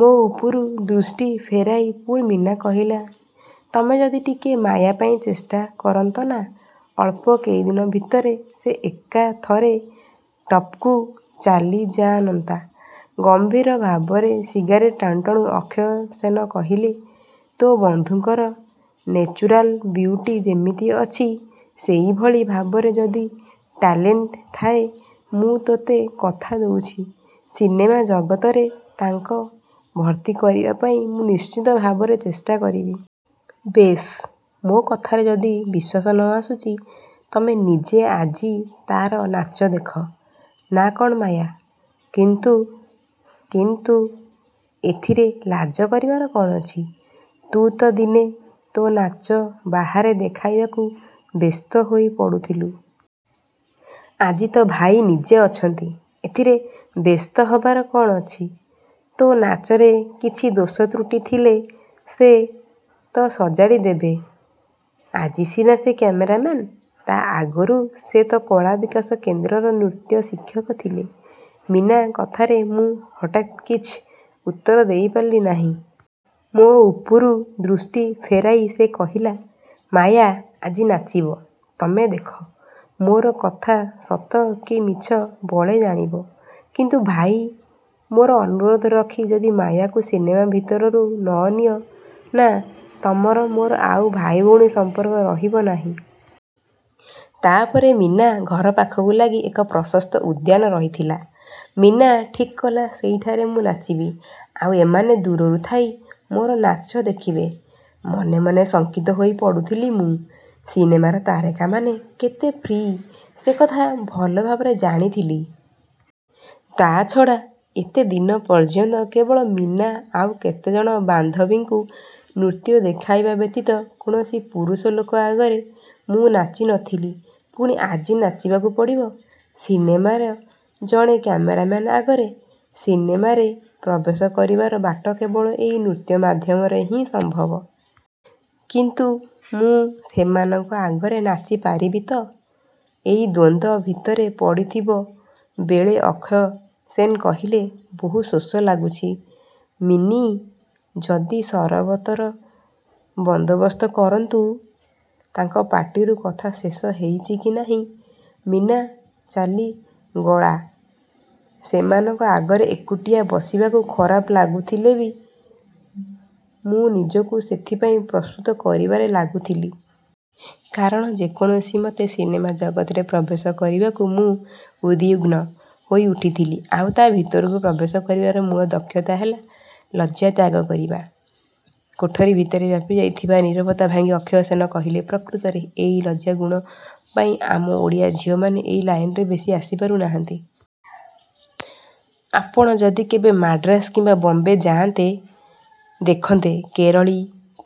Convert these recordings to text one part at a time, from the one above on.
ମୋ ଉପରୁ ଦୃଷ୍ଟି ଫେରାଇ ପୁଣି ମୀନା କହିଲା, 'ତମେ ଯଦି ଟିକିଏ ମାୟା ପାଇଁ ଚେଷ୍ଟା କରନ୍ତ ନା, ଅଳ୍ପ କେଇଦିନ ଭିତରେ ସେ ଏକାଥରେ ଟପ୍କୁ ଚାଲିଯାଆନନ୍ତା। ' —ଗମ୍ଭୀର ଭାବରେ ସିଗାରେଟ୍ ଟାଣୁ ଟାଣୁ ଅକ୍ଷୟ ସେନ କହିଲେ, 'ତୋ ବନ୍ଧୁଙ୍କର ନେଚୁରାଲ ବିଉଟି ଯେମିତି ଅଛି, ସେହିଭଳି ଭାବରେ ଯଦି ଟ୍ୟାଲେଣ୍ଟ ଥାଏ, ମୁଁ ତୋତେ କଥା ଦେଉଛି, ସିନେମା ଜଗତରେ ତାଙ୍କ ଭର୍ତ୍ତି କରିବାପାଇଁ ମୁଁ ନିଶ୍ଚିତ ଭାବରେ ଚେଷ୍ଟା କରିବି। ' 'ବେଶ୍, ମୋ କଥାରେ ଯଦି ବିଶ୍ୱାସ ନ ଆସୁଛି, ତମେ ନିଜେ ଆଜି ତାର ନାଚ ଦେଖ। ନା, କ'ଣ ମାୟା? ' 'କିନ୍ତୁ, କିନ୍ତୁ... ' 'ଏଥିରେ ଲାଜ କରିବାର କ'ଣ ଅଛି! ତୁ ତ ଦିନେ ତୋ ନାଚ ବାହାରେ ଦେଖାଇବାକୁ ବ୍ୟସ୍ତ ହୋଇପଡ଼ୁଥିଲୁ। ଆଜି ତ ଭାଇ ନିଜେ ଅଛନ୍ତି। ଏଥିରେ ବ୍ୟସ୍ତ ହବାର କ'ଣ ଅଛି? ତୋ ନାଚରେ କିଛି ଦୋଷତ୍ରୁଟି ଥିଲେ ସେ ତ ସଜାଡ଼ିଦେବେ। ଆଜି ସିନା ସେ କ୍ୟାମେରାମ୍ୟାନ୍, ତା' ଆଗରୁ ସେ ତ କଳାବିକାଶ କେନ୍ଦ୍ରର ନୃତ୍ୟ ଶିକ୍ଷକ ଥିଲେ। ' —ମୀନା କଥାରେ ମୁଁ ହଠାତ୍କିଛି ଉତ୍ତର ଦେଇପାରିଲି ନାହିଁ। ମୋ ଉପରୁ ଦୃଷ୍ଟି ଫେରାଇ ସେ କହିଲା, 'ମାୟା ଆଜି ନାଚିବ, ତମେ ଦେଖ। ମୋର କଥା ସତ କି ମିଛ ବଳେ ଜାଣିବ। କିନ୍ତୁ ଭାଇ, ମୋର ଅନୁରୋଧ ରଖି ଯଦି ମାୟାକୁ ସିନେମା ଭିତରରୁ ନ ନିଅ ନା, ତମର ମୋର ଆଉ ଭାଇଭଉଣୀ ସମ୍ପର୍କ ରହିବ ନାହିଁ। ' ତା'ପରେ ମୀନା ଘର ପାଖକୁ ଲାଗି ଏକ ପ୍ରଶସ୍ତ ଉଦ୍ୟାନ ରହିଥିଲା। ମୀନା ଠିକ୍କଲା ସେଇଠାରେ ମୁଁ ନାଚିବି, ଆଉ ଏମାନେ ଦୂରରୁ ଥାଇ ମୋର ନାଚ ଦେଖିବେ। —ମନେ ମନେ ଶଙ୍କିତ ହୋଇପଡ଼ୁଥିଲି ମୁଁ। ସିନେମାର ତାରକାମାନେ କେତେ ଫ୍ରି ସେକଥା ଭଲ ଭାବରେ ଜାଣିଥିଲି। ତା'ଛଡ଼ା ଏତେଦିନ ପର୍ଯ୍ୟନ୍ତ କେବଳ ମୀନା ଆଉ କେତେଜଣ ବାନ୍ଧବୀଙ୍କୁ ନୃତ୍ୟ ଦେଖାଇବା ବ୍ୟତୀତ କୌଣସି ପୁରୁଷ ଲୋକ ଆଗରେ ମୁଁ ନାଚି ନ ଥିଲି। ପୁଣି ଆଜି ନାଚିବାକୁ ପଡ଼ିବ। ସିନେମାର ଜଣେ କ୍ୟାମେରାମ୍ୟାନ ଆଗରେ। ସିନେମାରେ ପ୍ରବେଶ କରିବାର ବାଟ କେବଳ ଏଇ ନୃତ୍ୟ ମାଧ୍ୟମରେ ହିଁ ସମ୍ଭବ। କିନ୍ତୁ ମୁଁ ସେମାନଙ୍କ ଆଗରେ ନାଚିପାରିବି ତ? ଏଇ ଦ୍ୱନ୍ଦ୍ୱ ଭିତରେ ପଡ଼ିଥିବ ବେଳେ ଅକ୍ଷୟ ସେନ କହିଲେ, 'ବହୁତ ଶୋଷ ଲାଗୁଛି, ମିନୀ, ଯଦି ସରବତର ବନ୍ଦୋବସ୍ତ କରନ୍ତୁ... ' —ତାଙ୍କ ପାଟିରୁ କଥା ଶେଷ ହେଇଛି କି ନାହିଁ ମୀନା ଚାଲିଗଳା। ସେମାନଙ୍କ ଆଗରେ ଏକୁଟିଆ ବସିବାକୁ ଖରାପ ଲାଗୁଥିଲେ ବି, ମୁଁ ନିଜକୁ ସେଥିପାଇଁ ପ୍ରସ୍ତୁତ କରିବାରେ ଲାଗୁଥିଲି। କାରଣ ଯେ କୌଣସିମତେ ସିନେମା ଜଗତରେ ପ୍ରବେଶ କରିବାକୁ ମୁଁ ଉଦ୍ବିଗ୍ନ ହୋଇଉଠିଥିଲି। ଆଉ ତା' ଭିତରକୁ ପ୍ରବେଶ କରିବାର ମୂଳ ଦକ୍ଷତା ହେଲା ଲଜ୍ଜା ତ୍ୟାଗ କରିବା-। —କୋଠରି ଭିତରେ ବ୍ୟାପିଯାଇଥିବା ନୀରବତା ଭାଙ୍ଗି ଅକ୍ଷୟ ସେନ କହିଲେ, ପ୍ରକୃତରେ ଏଇ ଲଜ୍ଜାଗୁଣ ପାଇଁ ଆମ ଓଡ଼ିଆ ଝିଅମାନେ ଏଇ ଲାଇନରେ ବେଶି ଆସିପାରୁନାହାନ୍ତି। ଆପଣ ଯଦି କେବେ ମାଡ୍ରାସ କିମ୍ବା ବମ୍ବେ ଯାଆନ୍ତେ, ଦେଖନ୍ତେ କେରଳୀ,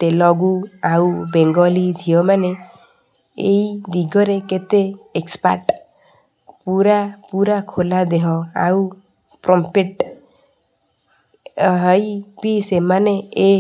ତେଲଗୁ, ଆଉ ବେଙ୍ଗଲୀ ଝିଅମାନେ ଏଇ ଦିଗରେ କେତେ ଏକ୍ସ୍ପାର୍ଟ। ପୂରା ପୂରା ଖୋଲା ଦେହ ଆଉ ପ୍ରମ୍ପ୍ଟ୍ହେଇ ବି ସେମାନେ ଏ